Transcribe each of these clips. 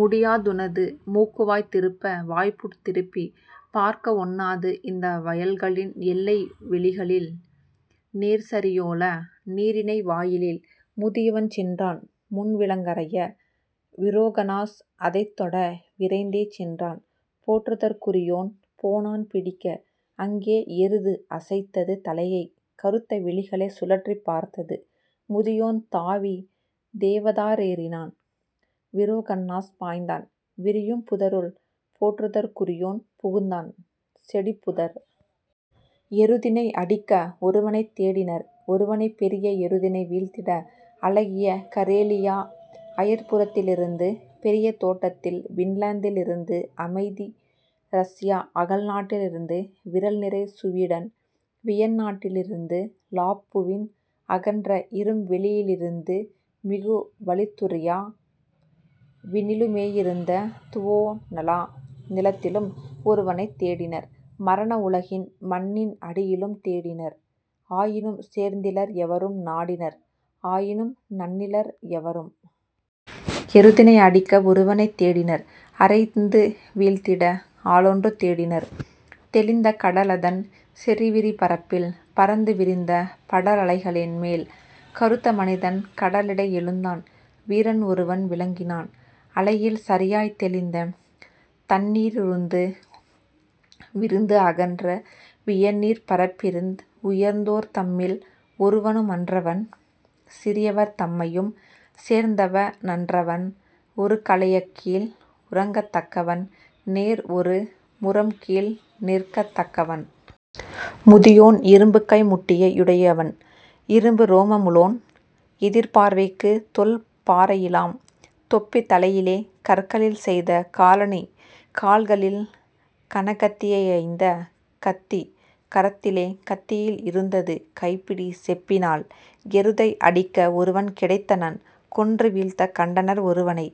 முடியாதுனது மூக்குவாய் திருப்ப வாய்ப்புட் திருப்பிப் பார்க்கவொண்ணாது இந்த வயல்களின் எல்லை வெளிகளில் நேர்சரியோலா நீரிணை வாயிலில். முதியவன் சென்றான் முன்விலங்கறைய விரோகனாஸ் அதைத்தொட விரைந்தே சென்றான் போற்றுதற்குரியோன் போனான் பிடிக்க: அங்கே எருது அசைத்தது தலையை கறுத்த விழிகளைச் சுழற்றிப் பார்த்தது; முதியோன் தாவித் தேவதாரேறினான் விரோகன்னாஸ் பாய்ந்தான் விரியும் புதருள் போற்றுதற்குரியோன் புகுந்தான் செடிப்புதர். எருதினை அடிக்க ஒருவனைத் தேடினர் ஒருவனைப் பெரிய எருதினை வீழ்த்திட அழகிய கரேலியா அயற்புறத்திலிருந்து பெரியதோட்டத்தில் பின்லாந்திலிருந்து அமைதி ரஷ்யா அகல்நாட்டிலிருந்து விறல்நிறை சுவீடன் வியன்நாட்டிலிருந்து லாப்புவின் அகன்ற இரும்வெளியிலிருந்து மிகுவலித்துர்யா வினிலுமேயிருந்து துவோனலா நிலத்திலும் ஒருவனைத் தேடினர் மரண உலகின் மண்ணின் அடியிலும் தேடினர் ஆயினும் சேர்ந்திலர் எவரும் நாடினர் ஆயினும் நண்ணிலர் எவரும். எருதினை அடிக்க ஒருவனைத் தேடினர் அறைந்து வீழ்த்திட ஆளொன்று தேடினர் தெளிந்த கடலதன் செறிவிரி பரப்பில் பரந்து விரிந்த படரலைகளின்மேல். கறுத்த மனிதன் கடலிடை எழுந்தான் வீரன் ஒருவன் விளங்கினான் அலையில் சரியாய்த தெளிந்த தண்ணீரிருந்து விரிந்து அகன்ற வியநீர்ப்பரப்பிருந் உயர்ந்தோர் தம்மில் ஒருவனு மன்றவன் சிறியவர் தம்மையும் சேர்ந்தவ னன்றவன் ஒருகலயக்கீழ் உறங்கத்தக்கவன் நேர்ஒரு முறம்கீழ் நிற்கத்தக்கவன். முதியோன் இரும்புகை முட்டியை யுடையவன் இரும்புரோமமுளோன் எதிர்பார்வைக்கு தொல்பாறையிலாம் தொப்பி தலையிலே கற்களில் செய்த காலணி கால்களில் கனகத்தியைந்த கத்தி கரத்திலே கத்தியில் இருந்தது கைப்பிடி செப்பினால். எருதை அடிக்க ஒருவன் கிடைத்தனன் கொன்று வீழ்த்தக் கண்டனர் ஒருவனை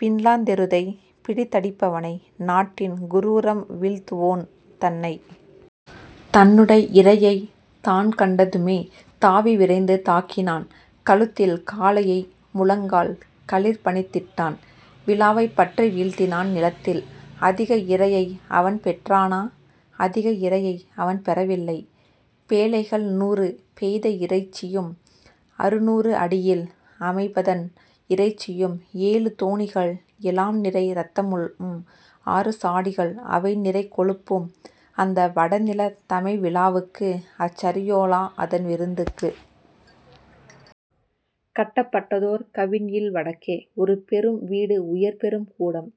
பின்லாந்தெருதைப் பிடித்தடிப்பவனை நாட்டின் குரூரம் வீழ்த்துவோன் தன்னை. தன்னுடை இரையைத் தான்கண்டதுமே தாவி விரைந்து தாக்கினான் கழுத்தில் காளையை முழங்கால் களிற்பணித்திட்டான் விலாவைப் பற்றி வீழ்த்தினான் நிலத்தில். அதிக இரையை அவன்பெற் றானா அதிக இரையை அவன்பெற வில்லை: பேழைகள் நூறு பெய்த இறைச்சியும் அறுநூறு அடியில் அமைபதன் இறைச்சியும் ஏழு தோணிகள் எலாம்நிறை இரத்தமும் ஆறு சாடிகள் அவைநிறை கொழுப்பும் அந்த வடநிலத் தமைவிழாவுக்கு அச்சரியோலா அதன்விருந்துக்கு. கட்டப்பட்டதோர் கவின்இல் வடக்கே ஒருபெரும் வீடு உயர்பெரும் கூடம்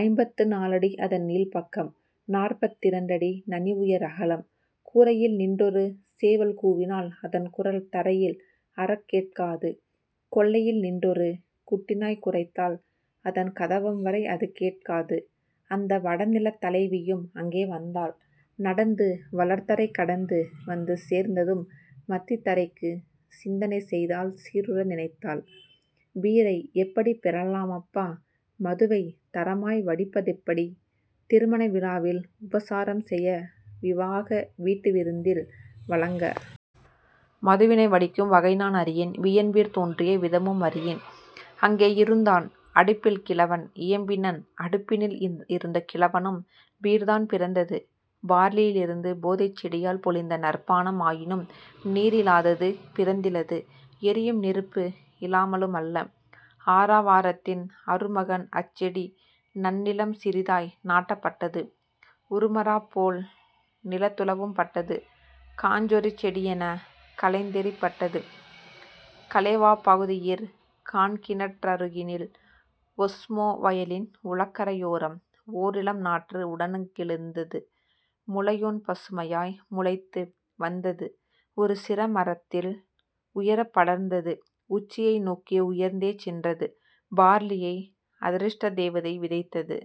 ஐம்பத்து நாலடி அதன்நீள்பக்கம் நாற்பத்திரண்டடி நனிஉயர் அகலம் கூரையில் நின்றொரு சேவல் கூவினால் அதன்குரல் தரையில் அறக்கேட்காது கொல்லையில் நின்றொரு குட்டிநாய் குரைத்தால் அதன்கதவம்வரை அதுகேட்காது. அந்த வடநிலத் தலைவியும் அங்கே வந்தாள் நடந்து வளர்தரை கடந்து வந்து சேர்ந்ததும் மத்தித்தரைக்கு சிந்தனை செய்தாள் சீருற நினைத்தாள் பீரை எப்படிப் பெறலாமப்பா மதுவைத் தரமாய் வடிப்பதெப்படி திருமண விழாவில் உபசாரம்செய விவாக வீட்டுவிருந்தில் வழங்க? மதுவினை வடிக்கும் வகைநான் அறியேன் வியன்பீர் தோன்றிய விதமும் அறியேன். அங்கே இருந்தான் அடுப்பில் கிழவன் இயம்பினன் அடுப்பினில் இருந்த கிழவனும்: பீர்தான் பிறந்தது பார்லியிலிருந்து போதைச் செடியால் பொலிந்த நற்பானம் ஆயினும் நீரிலாதது பிறந்திலது எரியும் நெருப்பு இலாமலுமல்ல. ஆரவாரத்தின் அருமகன் அச்செடி நன்னிலம் சிறிதாய் நாட்டப்பட்டது உறுமராப் போல்நிலத் துழவும்பட்டது காஞ்சொறிச் செடியெனக் களைந்தெறிபட்டது கலேவாப் பகுதியிற் காண்கிணற்றருகினில் ஒஸ்மோ வயலின் உளகரையோரம்; ஓரிளம் நாற்று உடனங்கெழுந்தது முளையொன்பசுமையாய் முளைத்து வந்தது ஒருசிறு மரத்தில் உயரப் படர்ந்தது உச்சியை நோக்கி உயர்ந்தே சென்றது. பார்லியை அதிர்ஷ்டத்தேவதை விதைத்தது